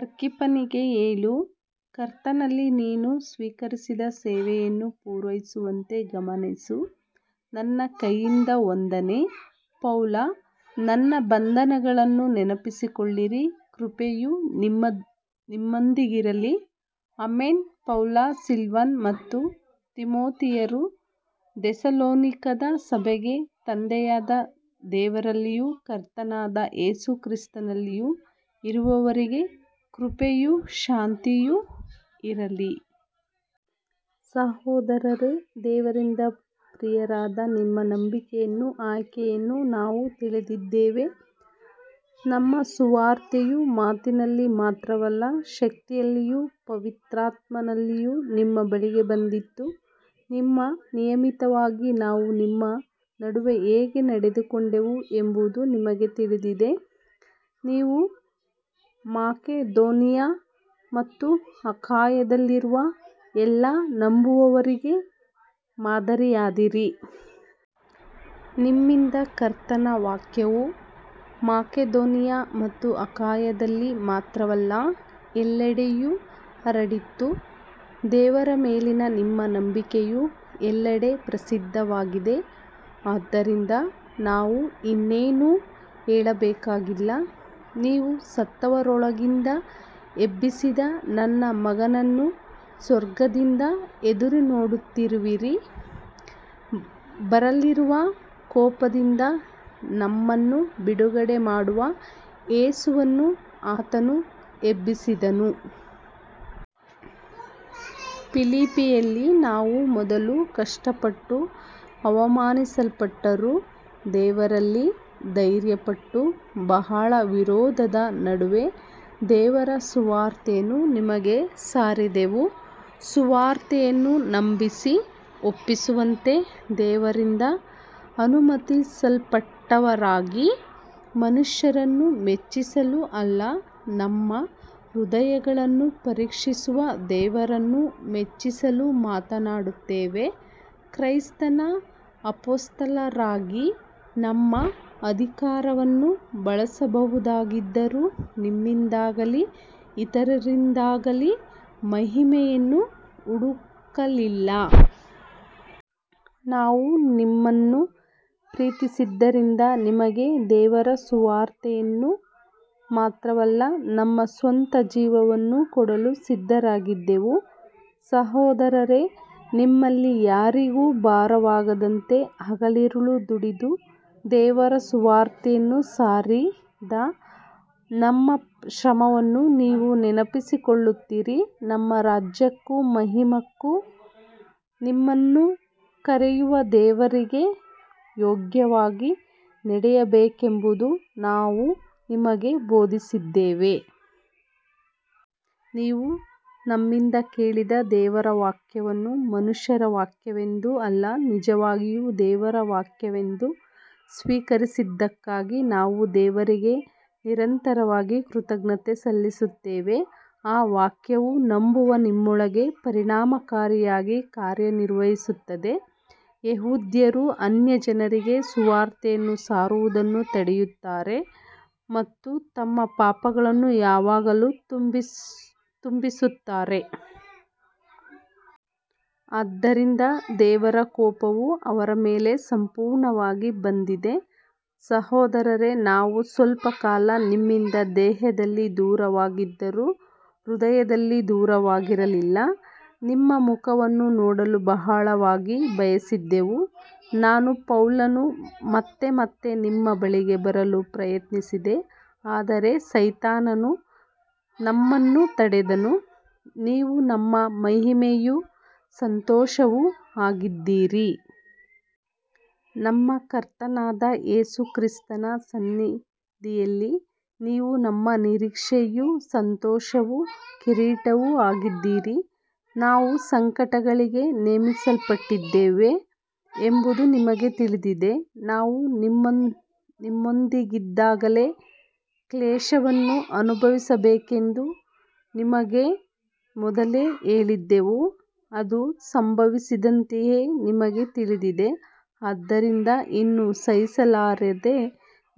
ಆರ್ಕಿಪ್ಪನಿಗೆ ಹೇಳು, ಕರ್ತನಲ್ಲಿ ನೀನು ಸ್ವೀಕರಿಸಿದ ಸೇವೆಯನ್ನು ಪೂರೈಸುವಂತೆ ಗಮನಿಸು. ನನ್ನ ಕೈಯಿಂದ ವಂದನೆ, ಪೌಲ. ನನ್ನ ಬಂಧನಗಳನ್ನು ನೆನಪಿಸಿಕೊಳ್ಳಿರಿ. ಕೃಪೆಯು ನಿಮ್ಮೊಂದಿಗಿರಲಿ. ಆಮೆನ್. ಪೌಲ, ಸಿಲ್ವಾನ ಮತ್ತು ತಿಮೊಥೆಯರು ಥೆಸಲೋನಿಕದ ಸಭೆಗೆ, ತಂದೆಯಾದ ದೇವರಲ್ಲಿಯೂ ಕರ್ತನಾದ ಯೇಸು ಕ್ರಿಸ್ತನಲ್ಲಿಯೂ ಇರುವವರಿಗೆ, ಕೃಪೆಯೂ ಶಾಂತಿಯೂ ಇರಲಿ. ಸಹೋದರರೇ, ದೇವರಿಂದ ಪ್ರಿಯರಾದ ನಿಮ್ಮ ನಂಬಿಕೆಯನ್ನೂ ಆಯ್ಕೆಯನ್ನೂ ನಾವು ತಿಳಿದಿದ್ದೇವೆ. ನಮ್ಮ ಸುವಾರ್ತೆಯು ಮಾತಿನಲ್ಲಿ ಮಾತ್ರವಲ್ಲ, ಶಕ್ತಿಯಲ್ಲಿಯೂ ಪವಿತ್ರಾತ್ಮನಲ್ಲಿಯೂ ನಿಮ್ಮ ಬಳಿಗೆ ಬಂದಿತು. ನಿಮ್ಮ ನಿಮಿತ್ತವಾಗಿ ನಾವು ನಿಮ್ಮ ನಡುವೆ ಹೇಗೆ ನಡೆದುಕೊಂಡೆವು ಎಂಬುದು ನಿಮಗೆ ತಿಳಿದಿದೆ. ನೀವು ಮಕೆದೋನಿಯ ಮತ್ತು ಅಖಾಯದಲ್ಲಿರುವ ಎಲ್ಲ ನಂಬುವವರಿಗೆ ಮಾದರಿಯಾದಿರಿ. ನಿಮ್ಮಿಂದ ಕರ್ತನ ವಾಕ್ಯವು ಮಕೆದೋನಿಯ ಮತ್ತು ಅಖಾಯದಲ್ಲಿ ಮಾತ್ರವಲ್ಲ, ಎಲ್ಲೆಡೆಯೂ ಹರಡಿತು. ದೇವರ ಮೇಲಿನ ನಿಮ್ಮ ನಂಬಿಕೆಯು ಎಲ್ಲೆಡೆ ಪ್ರಸಿದ್ಧವಾಗಿದೆ. ಆದ್ದರಿಂದ ನಾವು ಇನ್ನೇನನ್ನೂ ಹೇಳಬೇಕಾಗಿಲ್ಲ. ನೀವು ಸತ್ತವರೊಳಗಿಂದ ಎಬ್ಬಿಸಿದ ತನ್ನ ಮಗನನ್ನು ಸ್ವರ್ಗದಿಂದ ಎದುರುನೋಡುತ್ತೀರಿ. ಬರಲಿರುವ ಕೋಪದಿಂದ ನಮ್ಮನ್ನು ಬಿಡುಗಡೆ ಮಾಡುವ ಯೇಸುವನ್ನು ಆತನು ಎಬ್ಬಿಸಿದನು. ಫಿಲಿಪ್ಪಿಯಲ್ಲಿ ನಾವು ಮೊದಲು ಕಷ್ಟಪಟ್ಟು ಅವಮಾನಿಸಲ್ಪಟ್ಟರೂ, ದೇವರಲ್ಲಿ ಧೈರ್ಯಪಟ್ಟು ಬಹಳ ವಿರೋಧದ ನಡುವೆ ದೇವರ ಸುವಾರ್ತೆಯನ್ನು ನಿಮಗೆ ಸಾರಿದೆವು. ಸುವಾರ್ತೆಯನ್ನು ನಂಬಿಸಿ ಒಪ್ಪಿಸುವಂತೆ ದೇವರಿಂದ ಅನುಮತಿಸಲ್ಪಟ್ಟವರಾಗಿ, ಮನುಷ್ಯರನ್ನು ಮೆಚ್ಚಿಸಲು ಅಲ್ಲ, ನಮ್ಮ ಹೃದಯಗಳನ್ನು ಪರೀಕ್ಷಿಸುವ ದೇವರನ್ನು ಮೆಚ್ಚಿಸಲು ಮಾತನಾಡುತ್ತೇವೆ. ಕ್ರಿಸ್ತನ ಅಪೊಸ್ತಲರಾಗಿ ನಮ್ಮ ಅಧಿಕಾರವನ್ನು ಬಳಸಬಹುದಾಗಿದ್ದರೂ ನಿಮ್ಮಿಂದಾಗಲಿ ಇತರರಿಂದಾಗಲಿ ಮಹಿಮೆಯನ್ನು ಹುಡುಕಲಿಲ್ಲ. ನಾವು ನಿಮ್ಮನ್ನು ಪ್ರೀತಿಸಿದ್ದರಿಂದ ನಿಮಗೆ ದೇವರ ಸುವಾರ್ತೆಯನ್ನು ಮಾತ್ರವಲ್ಲ, ನಮ್ಮ ಸ್ವಂತ ಜೀವವನ್ನೂ ಕೊಡಲು ಸಿದ್ಧರಾಗಿದ್ದೆವು. ಸಹೋದರರೇ, ನಿಮ್ಮಲ್ಲಿ ಯಾರಿಗೂ ಭಾರವಾಗದಂತೆ ಹಗಲಿರುಳು ದುಡಿದು ದೇವರ ಸುವಾರ್ತೆಯನ್ನು ಸಾರಿದ ನಮ್ಮ ಶ್ರಮವನ್ನು ನೀವು ನೆನಪಿಸಿಕೊಳ್ಳುತ್ತೀರಿ. ತನ್ನ ರಾಜ್ಯಕ್ಕೂ ಮಹಿಮಕ್ಕೂ ನಿಮ್ಮನ್ನು ಕರೆಯುವ ದೇವರಿಗೆ ಯೋಗ್ಯವಾಗಿ ನಡೆಯಬೇಕೆಂದು ನಾವು ನಿಮಗೆ ಬೋಧಿಸಿದೆವು. ನೀವು ನಮ್ಮಿಂದ ಕೇಳಿದ ದೇವರ ವಾಕ್ಯವನ್ನು ಮನುಷ್ಯರ ವಾಕ್ಯವೆಂದು ಅಲ್ಲ, ನಿಜವಾಗಿಯೂ ದೇವರ ವಾಕ್ಯವೆಂದು ಸ್ವೀಕರಿಸಿದ್ದಕ್ಕಾಗಿ ನಾವು ದೇವರಿಗೆ ನಿರಂತರವಾಗಿ ಕೃತಜ್ಞತೆ ಸಲ್ಲಿಸುತ್ತೇವೆ. ಆ ವಾಕ್ಯವು ನಂಬುವ ನಿಮ್ಮೊಳಗೆ ಪರಿಣಾಮಕಾರಿಯಾಗಿ ಕಾರ್ಯನಿರ್ವಹಿಸುತ್ತದೆ. ಯೆಹೂದ್ಯರು ಅನ್ಯಜನರಿಗೆ ಸುವಾರ್ತೆಯನ್ನು ಸಾರುವುದನ್ನು ತಡೆಯುತ್ತಾರೆ ಮತ್ತು ತಮ್ಮ ಪಾಪಗಳನ್ನು ಯಾವಾಗಲೂ ತುಂಬಿಸುತ್ತಾರೆ. ಆದ್ದರಿಂದ ದೇವರ ಕೋಪವು ಅವರ ಮೇಲೆ ಸಂಪೂರ್ಣವಾಗಿ ಬಂದಿದೆ. ಸಹೋದರರೇ, ನಾವು ಸ್ವಲ್ಪಕಾಲ ನಿಮ್ಮಿಂದ ದೇಹದಲ್ಲಿ ದೂರವಾಗಿದ್ದರೂ ಹೃದಯದಲ್ಲಿ ದೂರವಾಗಿರಲಿಲ್ಲ. ನಿಮ್ಮ ಮುಖವನ್ನು ನೋಡಲು ಬಹಳವಾಗಿ ಬಯಸಿದೆವು. ನಾನು ಪೌಲನು ಮತ್ತೆ ಮತ್ತೆ ನಿಮ್ಮ ಬಳಿಗೆ ಬರಲು ಪ್ರಯತ್ನಿಸಿದೆ, ಆದರೆ ಸೈತಾನನು ನಮ್ಮನ್ನು ತಡೆದನು. ನೀವು ನಮ್ಮ ಮಹಿಮೆಯೂ ಸಂತೋಷವೂ ಆಗಿದ್ದೀರಿ. ನಮ್ಮ ಕರ್ತನಾದ ಯೇಸು ಕ್ರಿಸ್ತನ ಸನ್ನಿಧಿಯಲ್ಲಿ ನೀವು ನಮ್ಮ ನಿರೀಕ್ಷೆಯೂ ಸಂತೋಷವೂ ಕಿರೀಟವೂ ಆಗಿದ್ದೀರಿ. ನಾವು ಸಂಕಟಗಳಿಗೆ ನೇಮಿಸಲ್ಪಟ್ಟಿದ್ದೇವೆ ಎಂಬುದು ನಿಮಗೆ ತಿಳಿದಿದೆ. ನಾವು ನಿಮ್ಮೊಂದಿಗಿದ್ದಾಗಲೇ ಕ್ಲೇಶವನ್ನು ಅನುಭವಿಸಬೇಕೆಂದು ನಿಮಗೆ ಮೊದಲೇ ಹೇಳಿದ್ದೆವು, ಅದು ಸಂಭವಿಸಿದಂತೆಯೇ ನಿಮಗೆ ತಿಳಿದಿದೆ. ಆದ್ದರಿಂದ ಇನ್ನು ಸಹಿಸಲಾರದೆ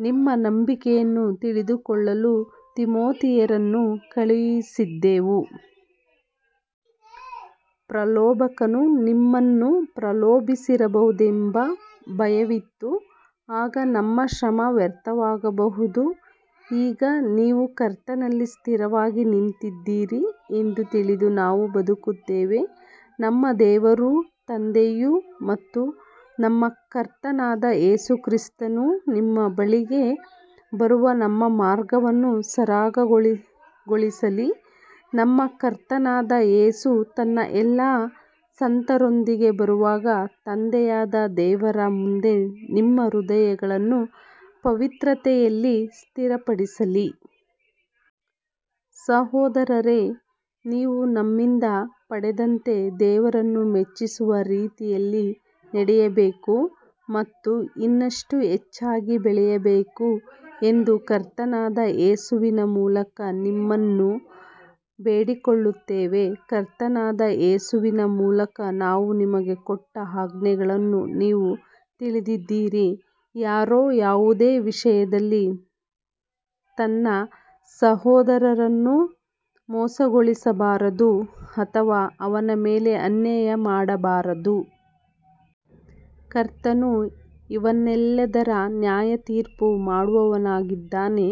ನಿಮ್ಮ ನಂಬಿಕೆಯನ್ನು ತಿಳಿದುಕೊಳ್ಳಲು ತಿಮೊಥೆಯನನ್ನು ಕಳುಹಿಸಿದೆವು. ಪ್ರಲೋಭಕನು ನಿಮ್ಮನ್ನು ಪ್ರಲೋಭಿಸಿರಬಹುದೆಂಬ ಭಯವಿತ್ತು, ಆಗ ನಮ್ಮ ಶ್ರಮ ವ್ಯರ್ಥವಾಗಬಹುದು. ಈಗ ನೀವು ಕರ್ತನಲ್ಲಿ ಸ್ಥಿರವಾಗಿ ನಿಂತಿದ್ದೀರಿ ಎಂದು ತಿಳಿದು ನಾವು ಬದುಕುತ್ತೇವೆ. ನಮ್ಮ ದೇವರೂ ತಂದೆಯೂ ಮತ್ತು ನಮ್ಮ ಕರ್ತನಾದ ಯೇಸು ಕ್ರಿಸ್ತನೂ ನಿಮ್ಮ ಬಳಿಗೆ ಬರುವ ನಮ್ಮ ಮಾರ್ಗವನ್ನು ಸರಾಗಗೊಳಿಸಲಿ. ನಮ್ಮ ಕರ್ತನಾದ ಯೇಸು ತನ್ನ ಎಲ್ಲಾ ಸಂತರೊಂದಿಗೆ ಬರುವಾಗ, ತಂದೆಯಾದ ದೇವರ ಮುಂದೆ ನಿಮ್ಮ ಹೃದಯಗಳನ್ನು ಪವಿತ್ರತೆಯಲ್ಲಿ ಸ್ಥಿರಪಡಿಸಲಿ. ಸಹೋದರರೇ, ನೀವು ನಮ್ಮಿಂದ ಪಡೆದಂತೆ ದೇವರನ್ನು ಮೆಚ್ಚಿಸುವ ರೀತಿಯಲ್ಲಿ ನಡೆಯಬೇಕು ಮತ್ತು ಇನ್ನಷ್ಟು ಹೆಚ್ಚಾಗಿ ಬೆಳೆಯಬೇಕು ಎಂದು ಕರ್ತನಾದ ಯೇಸುವಿನ ಮೂಲಕ ನಿಮ್ಮನ್ನು ಬೇಡಿಕೊಳ್ಳುತ್ತೇವೆ. ಕರ್ತನಾದ ಯೇಸುವಿನ ಮೂಲಕ ನಾವು ನಿಮಗೆ ಕೊಟ್ಟ ಆಜ್ಞೆಗಳನ್ನು ನೀವು ತಿಳಿದಿದ್ದೀರಿ. ಯಾರೂ ಯಾವುದೇ ವಿಷಯದಲ್ಲಿ ತನ್ನ ಸಹೋದರನನ್ನು ಮೋಸಗೊಳಿಸಬಾರದು ಅಥವಾ ಅವನ ಮೇಲೆ ಅನ್ಯಾಯ ಮಾಡಬಾರದು. ಕರ್ತನು ಇವೆಲ್ಲದರ ನ್ಯಾಯತೀರ್ಪು ಮಾಡುವವನಾಗಿದ್ದಾನೆ.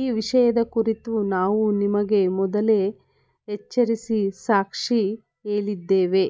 ಈ ವಿಷಯದ ಕುರಿತು ನಾವು ನಿಮಗೆ ಮೊದಲೇ ಎಚ್ಚರಿಸಿ ಸಾಕ್ಷಿ ಹೇಳಿದ್ದೇವೆ.